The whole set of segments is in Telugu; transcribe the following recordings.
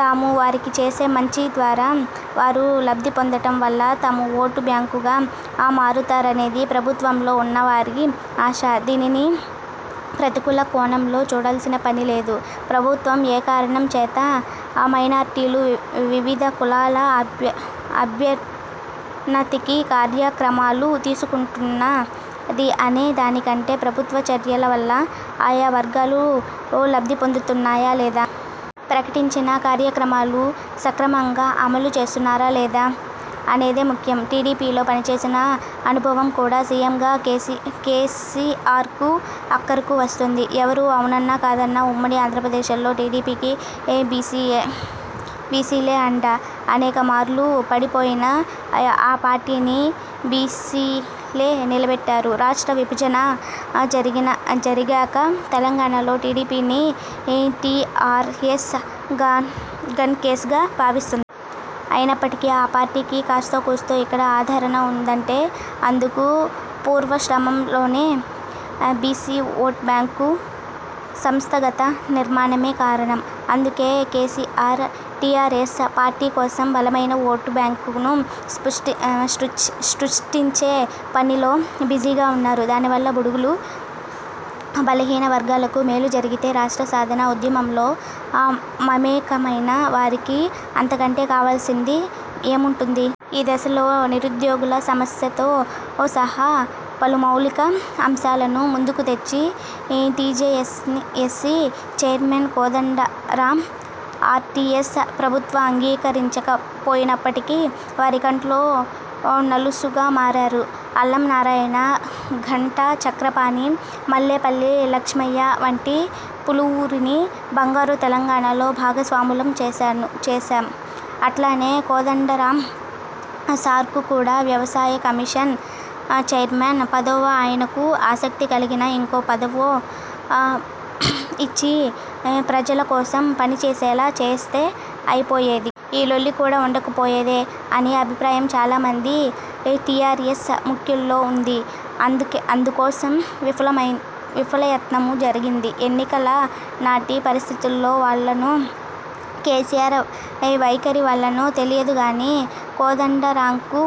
తాము వారికి చేసే మంచి ద్వారా వారు లబ్ధి పొందటం వల్ల తమ ఓటు బ్యాంకుగా మారుతారనేది ప్రభుత్వంలో ఉన్న వారి ఆశ. దీనిని ప్రతికూల కోణంలో చూడాల్సిన పని లేదు. ప్రభుత్వం ఏ కారణం చేత మైనార్టీలు, వివిధ కులాల అభ్యన్నతికి కార్యక్రమాలు తీసుకుంటున్నది అనే దానికంటే, ప్రభుత్వ చర్యల వల్ల ఆయా వర్గాలు లబ్ధి పొందుతున్నాయా లేదా? ప్రకటించిన కార్యక్రమాలు సక్రమంగా అమలు చేస్తున్నారా లేదా? అన్నదే ముఖ్యం. టీడీపీలో పనిచేసిన అనుభవం కూడా సీఎంగా కేసీఆర్కు అక్కరకు వస్తోంది. ఎవరు అవునన్నా కాదన్నా, ఉమ్మడి ఆంధ్రప్రదేశ్లో టీడీపీకి బీసీలే అండ. అనేకమార్లు పడిపోయిన ఆ పార్టీని బీసీలే నిలబెట్టారు. రాష్ట్ర విభజన జరిగాక తెలంగాణలో టీడీపీని టీఆర్ఎస్ 'గాన్ కేస్'గా భావిస్తోంది. అయినప్పటికీ, ఆ పార్టీకి కాస్తో కూస్తో ఇక్కడ ఆదరణ ఉందంటే, అందుకు పూర్వాశ్రమంలోని బీసీ ఓటు బ్యాంకు, సంస్థాగత నిర్మాణమే కారణం. అందుకే కేసీఆర్, టీఆర్ఎస్ పార్టీ కోసం బలమైన ఓటు బ్యాంకును సృష్టించే పనిలో బిజీగా ఉన్నారు. దాని వల్ల బడుగులు, బలహీన వర్గాలకు మేలు జరిగితే రాష్ట్ర సాధన ఉద్యమంలో మమేకమైన వారికి అంతకంటే కావాల్సింది ఏముంటుంది? ఈ దశలో నిరుద్యోగుల సమస్యతో సహా పలు మౌలిక అంశాలను ముందుకు తెచ్చిన టీజేఏసీ చైర్మన్ కోదండరాం టీఆర్ఎస్ ప్రభుత్వం అంగీకరించకపోయినప్పటికీ, వారి కంట్లో నలుసుగా మారారు. 'అల్లం నారాయణ, ఘంటా చక్రపాణి, మల్లేపల్లి లక్ష్మయ్య వంటి పలువురిని బంగారు తెలంగాణలో భాగస్వాములను చేశాం. అట్లనే కోదండరాం సార్కు కూడా వ్యవసాయ కమిషన్ చైర్మన్ పదవో ఆయనకు ఆసక్తి కలిగిన ఇంకో పదవో ఇచ్చి ప్రజల కోసం పనిచేసేలా చేస్తే అయిపోయేది. ఈ లొల్లి కూడా ఉండకపోయేది' అనే అభిప్రాయం చాలా మంది టీఆర్ఎస్ ముఖ్యుల్లో ఉంది. అందుకోసం విఫలయత్నమూ జరిగింది. ఎన్నికల నాటి పరిస్థితుల వల్లనో, కేసీఆర్ వైఖరి వల్లనో తెలియదు గానీ, కోదండరాంకూ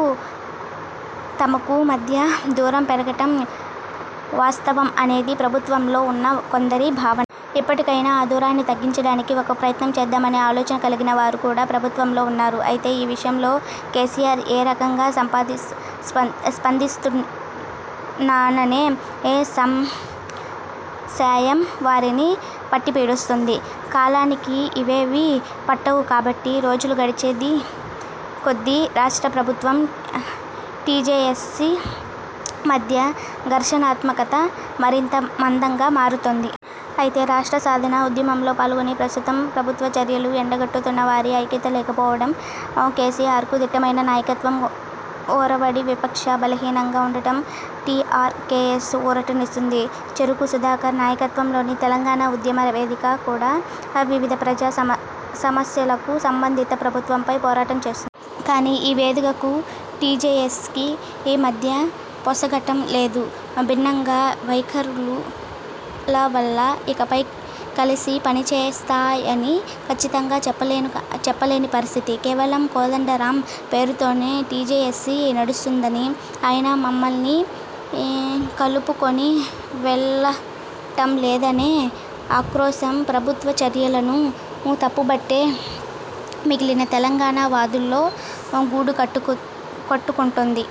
తమకూ మధ్య దూరం పెరగటం వాస్తవం అనేది ప్రభుత్వంలో ఉన్న కొందరి భా. ఇప్పటికైనా ఆ దూరాన్ని తగ్గించటానికి ఒక ప్రయత్నం చేద్దామనే ఆలోచన కలిగిన వారు కూడా ప్రభుత్వంలో ఉన్నారు. అయితే ఈ విషయంలో కేసీఆర్ ఏ రకంగా స్పందిస్తారోననే సంశయం వారిని పట్టిపీడిస్తోంది. కాలానికి ఇవేవీ పట్టవు కాబట్టి, రోజులు గడిచే కొద్దీ రాష్ట్ర ప్రభుత్వం, టీజేఏసీ మధ్య ఘర్షణాత్మకత మరింత మందంగా మారుతోంది. అయితే రాష్ట్ర సాధన ఉద్యమంలో పాల్గొని, ప్రస్తుతం ప్రభుత్వ చర్యలను ఎండగడుతున్న వారిలో ఐక్యత లేకపోవటం, కేసీఆర్కు ధీటైన నాయకత్వం కొరవడి విపక్షాలు బలహీనంగా ఉండటం టీఆర్ఎస్కు ఊరటనిస్తోంది. చెరుకు సుధాకర్ నాయకత్వంలోని తెలంగాణ ఉద్యమ వేదిక కూడా వివిధ ప్రజా సమస్యలకు సంబంధించి ప్రభుత్వంపై పోరాటం చేస్తో. కానీ ఈ వేదికకూ, టీజేఏసీకీ మధ్య పొసగటం లేదు. విభిన్న వైఖరుల వల్ల ఇకపై కలిసి పనిచేస్తాయని కచ్చితంగా చెప్పలేని పరిస్థితి. కేవలం కోదండరాం పేరుతోనే టీజేఏసీ నడుస్తోందనీ, ఆయన మమ్మల్ని కలుపుకొని వెళ్లటంలేదనే ఆక్రోశం ప్రభుత్వ చర్యలను తప్పుపట్టే మిగిలిన తెలంగాణ వాదుల్లో గూడుకట్టుకుంటోంది.